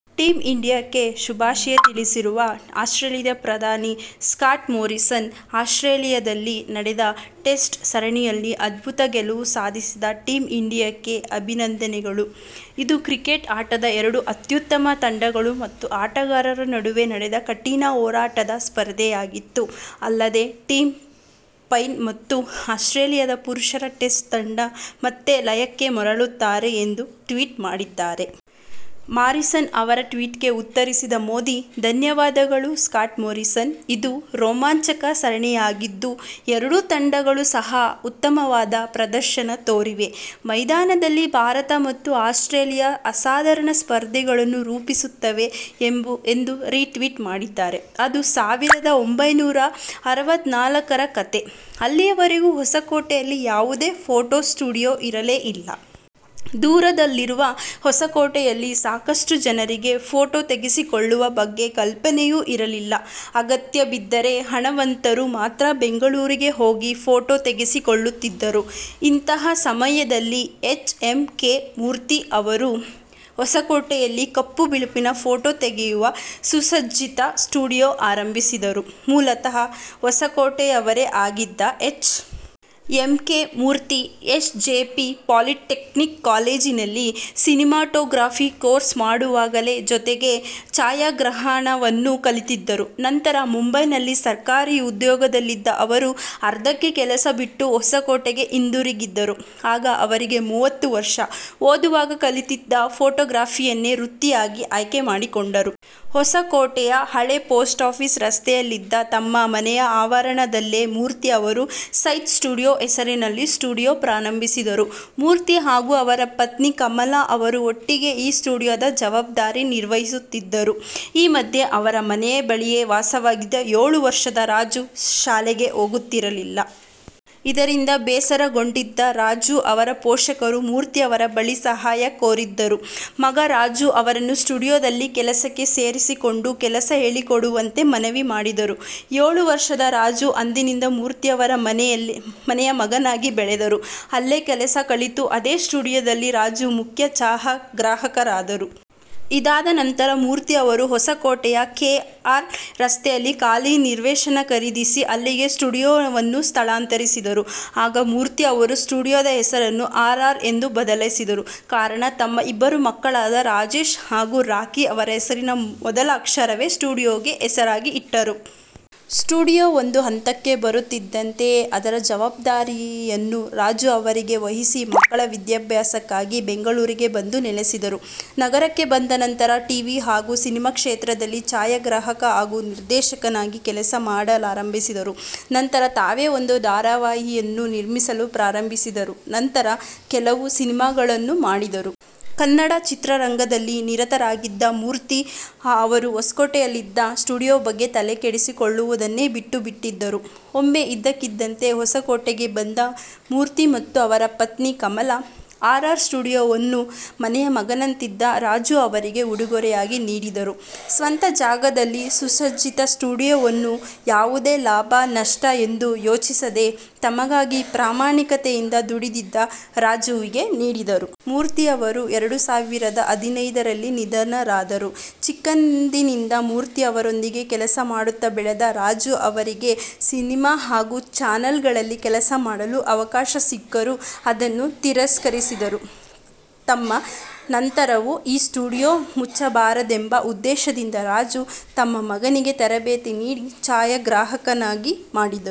Team ಇಂಡಿಯಾಕ್ಕೆ ಶುಭಾಶಯ ತಿಳಿಸಿರುವ ಆಸ್ಟ್ರೇಲಿಯಾದ ಪ್ರಧಾನಿ ಸ್ಕಾಟ್ಮೊರಿಸನ್, ಆಸ್ಟ್ರೇಲಿಯಾದಲ್ಲಿ ನಡೆದ ಟೆಸ್ಟ್ ಸರಣಿಯಲ್ಲಿ ಅದ್ಭುತ ಗೆಲುವು ಸಾಧಿಸಿದ ಟೀಂ ಇಂಡಿಯಾಕ್ಕೆ ಅಭಿನಂದನೆಗಳು. ಇದು ಕ್ರಿಕೆಟ್ ಆಟದ ಎರಡು ಅತ್ಯುತ್ತಮ ತಂಡಗಳು ಮತ್ತು ಆಟಗಾರರ ನಡುವೆ ನಡೆದ ಕಠಿಣ ಹೋರಾಟದ ಸ್ಪರ್ಧೆಯಾಗಿತ್ತು. ಅಲ್ಲದೆ ಟಿಮ್ ಪೈನ್ ಮತ್ತು ಆಸ್ಟ್ರೇಲಿಯಾದ ಪುರುಷರ ಟೆಸ್ಟ್ ತಂಡ ಮತ್ತೆ ಲಯಕ್ಕೆ ಮರಳುತ್ತಾರೆ ಎಂದು ಟ್ವೀಟ್ ಮಾಡಿದ್ದಾರೆ. ಮಾರಿಸನ್ ಅವರ ಟ್ವೀಟ್ಗೆ ಉತ್ತರಿಸಿದ ಮೋದಿ, ಧನ್ಯವಾದಗಳು ಸ್ಕಾಟ್ಮೊರಿಸನ್, ಇದು ರೋಮಾಂಚಕ ಸರಣಿಯಾಗಿದ್ದು, ಎರಡೂ ತಂಡಗಳು ಸಹ ಉತ್ತಮವಾದ ಪ್ರದರ್ಶನ ತೋರಿವೆ. ಮೈದಾನದಲ್ಲಿ ಭಾರತ ಮತ್ತು ಆಸ್ಟ್ರೇಲಿಯಾ ಅಸಾಧಾರಣ ಸ್ಪರ್ಧಿಗಳನ್ನು ರೂಪಿಸುತ್ತವೆ ಎಂದು ರೀ ಟ್ವೀಟ್ ಮಾಡಿದ್ದಾರೆ. ಅದು ಸಾವಿರದ ಒಂಭೈನೂರ ಅರವತ್ನಾಲ್ಕರ ಕತೆ. ಅಲ್ಲಿಯವರೆಗೆ ಹೊಸಕೋಟೆಯಲ್ಲಿ ಯಾವುದೇ ಫೋಟೊ ಸ್ಟುಡಿಯೊ ಇರಲೇ ಇಲ್ಲ. ದೂರದಲ್ಲಿರುವ ಹೊಸಕೋಟೆಯಲ್ಲಿ ಸಾಕಷ್ಟು ಜನರಿಗೆ ಫೋಟೊ ತೆಗೆಸಿಕೊಳ್ಳುವ ಬಗ್ಗೆ ಕಲ್ಪನೆಯೂ ಇರಲಿಲ್ಲ. ಅಗತ್ಯ ಬಿದ್ದರೆ ಹಣವಂತರು ಮಾತ್ರ ಬೆಂಗಳೂರಿಗೆ ಹೋಗಿ ಫೋಟೊ ತೆಗೆಸಿಕೊಳ್ಳುತ್ತಿದ್ದರು. ಇಂತಹ ಸಮಯದಲ್ಲಿ ಎಚ್. ಎಂ. ಕೆ. ಮೂರ್ತಿ ಅವರು ಹೊಸಕೋಟೆಯಲ್ಲಿ ಕಪ್ಪು ಬಿಳುಪಿನ ಫೋಟೊ ತೆಗೆಯುವ ಸುಸಜ್ಜಿತ ಸ್ಟುಡಿಯೊ ಆರಂಭಿಸಿದರು. ಮೂಲತಃ ಹೊಸಕೋಟೆಯವರೇ ಆಗಿದ್ದ H. M. K. Murthy S. J. P polytechnic ಕಾಲೇಜಿನಲ್ಲಿ ಸಿನಿಮಾಟೋಗ್ರಫಿ ಕೋರ್ಸ್ ಮಾಡುವಾಗಲೇ ಜೊತೆಗೆ ಛಾಯಾಗ್ರಹಣವನ್ನು ಕಲಿತಿದ್ದರು. ನಂತರ ಮುಂಬೈನಲ್ಲಿ ಸರ್ಕಾರಿ ಉದ್ಯೋಗದಲ್ಲಿದ್ದ ಅವರು, ಅರ್ಧಕ್ಕೆ ಕೆಲಸ ಬಿಟ್ಟು ಹೊಸಕೋಟೆಗೆ ಹಿಂತಿರುಗಿದರು. ಆಗ ಅವರಿಗೆ ಮೂವತ್ತು ವರ್ಷ. ಓದುವಾಗ ಕಲಿತಿದ್ದ ಫೋಟೊಗ್ರಫಿಯನ್ನೇ ವೃತ್ತಿಯಾಗಿ ಆಯ್ಕೆ ಮಾಡಿಕೊಂಡರು. ಹೊಸಕೋಟೆಯ ಹಳೇ ಪೋಸ್ಟ್ ಆಫೀಸ್ ರಸ್ತೆಯಲ್ಲಿದ್ದ ತಮ್ಮ ಮನೆಯ ಆವರಣದಲ್ಲೇ ಮೂರ್ತಿ ಅವರು 'ಸೈಟ್ ಸ್ಟುಡಿಯೊ' ಹೆಸರಿನಲ್ಲಿ ಸ್ಟುಡಿಯೊ ಪ್ರಾರಂಭಿಸಿದರು. ಮೂರ್ತಿ ಹಾಗೂ ಅವರ ಪತ್ನಿ ಕಮಲಾ ಅವರು ಒಟ್ಟಿಗೆ ಈ ಸ್ಟುಡಿಯೊದ ಜವಾಬ್ದಾರಿ ನಿರ್ವಹಿಸುತ್ತಿದ್ದರು. ಈ ಮಧ್ಯೆ ಅವರ ಮನೆಯ ಬಳಿಯೇ ವಾಸವಿದ್ದ ಏಳು ವರ್ಷದ ರಾಜು ಶಾಲೆಗೆ ಹೋಗುತ್ತಿರಲಿಲ್ಲ. ಇದರಿಂದ ಬೇಸರಗೊಂಡಿದ್ದ ರಾಜು ಅವರ ಪೋಷಕರು ಮೂರ್ತಿ ಅವರ ಬಳಿ ಸಹಾಯ ಕೋರಿದ್ದರು. ಮಗ ರಾಜು ಅವರನ್ನು ಸ್ಟುಡಿಯೊದಲ್ಲಿ ಕೆಲಸಕ್ಕೆ ಸೇರಿಸಿಕೊಂಡು ಕೆಲಸ ಹೇಳಿಕೊಡುವಂತೆ ಮನವಿ ಮಾಡಿದ್ದರು. ಏಳು ವರ್ಷದ ರಾಜು ಅಂದಿನಿಂದ ಮೂರ್ತಿ ಅವರ ಮನೆಯ ಮಗನಾಗಿ ಬೆಳೆದರು. ಅಲ್ಲೇ ಕೆಲಸ ಕಲಿತು, ಅದೇ ಸ್ಟುಡಿಯೊದಲ್ಲಿ ರಾಜು ಮುಖ್ಯ ಛಾಯಾಗ್ರಾಹಕರಾದರು. ಇದಾದ ನಂತರ ಮೂರ್ತಿ ಅವರು ಹೊಸಕೋಟೆಯ ಕೆ. ಆರ್. ರಸ್ತೆಯಲ್ಲಿ ಖಾಲಿ ನಿವೇಶನ ಖರೀದಿಸಿ, ಅಲ್ಲಿಗೆ ಸ್ಟುಡಿಯೊವನ್ನು ಸ್ಥಳಾಂತರಿಸಿದರು. ಆಗ ಮೂರ್ತಿ ಅವರು ಸ್ಟುಡಿಯೊದ ಹೆಸರನ್ನು ಆರ್. ಆರ್. ಎಂದು ಬದಲಿಸಿದರು. ಕಾರಣ ತಮ್ಮ ಇಬ್ಬರು ಮಕ್ಕಳಾದ ರಾಜೇಶ್ ಹಾಗೂ ರಾಖಿ ಅವರ ಹೆಸರಿನ ಮೊದಲ ಅಕ್ಷರವನ್ನೇ ಸ್ಟುಡಿಯೊಗೆ ಹೆಸರಾಗಿ ಇಟ್ಟರು. ಸ್ಟುಡಿಯೊ ಒಂದು ಹಂತಕ್ಕೆ ಬರುತ್ತಿದ್ದಂತೆಯೇ ಅದರ ಜವಾಬ್ದಾರಿಯನ್ನು ರಾಜು ಅವರಿಗೆ ವಹಿಸಿ ಮಕ್ಕಳ ವಿದ್ಯಾಭ್ಯಾಸಕ್ಕಾಗಿ ಬೆಂಗಳೂರಿಗೆ ಬಂದು ನೆಲೆಸಿದರು. ನಗರಕ್ಕೆ ಬಂದ ನಂತರ ಟೀವಿ ಹಾಗೂ ಸಿನಿಮಾ ಕ್ಷೇತ್ರದಲ್ಲಿ ಛಾಯಾಗ್ರಾಹಕ ಹಾಗೂ ನಿರ್ದೇಶಕನಾಗಿ ಕೆಲಸ ಮಾಡಲಾರಂಭಿಸಿದರು. ನಂತರ ತಾವೇ ಒಂದು ಧಾರಾವಾಹಿಗಳನ್ನೂ ನಿರ್ಮಿಸಲು ಪ್ರಾರಂಭಿಸಿದರು. ನಂತರ ಕೆಲವು ಸಿನಿಮಾಗಳನ್ನೂ ಮಾಡಿದರು. ಕನ್ನಡ ಚಿತ್ರರಂಗದಲ್ಲಿ ನಿರತರಾಗಿದ್ದ ಮೂರ್ತಿ ಅವರು ಹೊಸಕೋಟೆಯಲ್ಲಿದ್ದ ಸ್ಟುಡಿಯೊ ಬಗ್ಗೆ ತಲೆಕೆಡಿಸಿಕೊಳ್ಳುವುದನ್ನೇ ಬಿಟ್ಟುಬಿಟ್ಟಿದ್ದರು. ಒಮ್ಮೆ ಇದ್ದಕ್ಕಿದ್ದಂತೆ ಹೊಸಕೋಟೆಗೆ ಬಂದ ಮೂರ್ತಿ ಮತ್ತು ಅವರ ಪತ್ನಿ ಕಮಲಾ ಆರ್. ಆರ್. ಸ್ಟುಡಿಯೊವನ್ನು ಮನೆಯ ಮಗನಂತಿದ್ದ ರಾಜು ಅವರಿಗೆ ಉಡುಗೊರೆಯಾಗಿ ನೀಡಿದರು. ಸ್ವಂತ ಜಾಗದಲ್ಲಿದ್ದ ಸುಸಜ್ಜಿತ ಸ್ಟುಡಿಯೊವನ್ನು ಯಾವುದೇ ಲಾಭ–ನಷ್ಟ ಎಂದು ಯೋಚಿಸದೆ ತಮಗಾಗಿ ಪ್ರಾಮಾಣಿಕತೆಯಿಂದ ದುಡಿದಿದ್ದ ರಾಜುವಿಗೆ ನೀಡಿದ್ದರು. ಮೂರ್ತಿಯವರು ಎರಡು ಸಾವಿರದ ಹದಿನೈದರಲ್ಲಿ ನಿಧನರಾದರು. ಚಿಕ್ಕಂದಿನಿಂದ ಮೂರ್ತಿ ಅವರೊಂದಿಗೆ ಕೆಲಸ ಮಾಡುತ್ತ ಬೆಳೆದ ರಾಜು ಅವರಿಗೆ ಸಿನಿಮಾ ಹಾಗೂ ಚಾನಲ್ಗಳಲ್ಲಿ ಕೆಲಸ ಮಾಡಲು ಅವಕಾಶ ಸಿಕ್ಕರೂ ಅದನ್ನು ತಿರಸ್ಕರಿಸಿದ್ದರು. ತಮ್ಮ ನಂತರವೂ ಈ ಸ್ಟುಡಿಯೊ ಮುಚ್ಚಬಾರದೆಂಬ ಉದ್ದೇಶದಿಂದ ರಾಜು, ತಮ್ಮ ಮಗನಿಗೆ ತರಬೇತಿ ನೀಡಿ ಛಾಯಾಗ್ರಾಹಕನನ್ನಾಗಿ ಮಾಡಿದರು.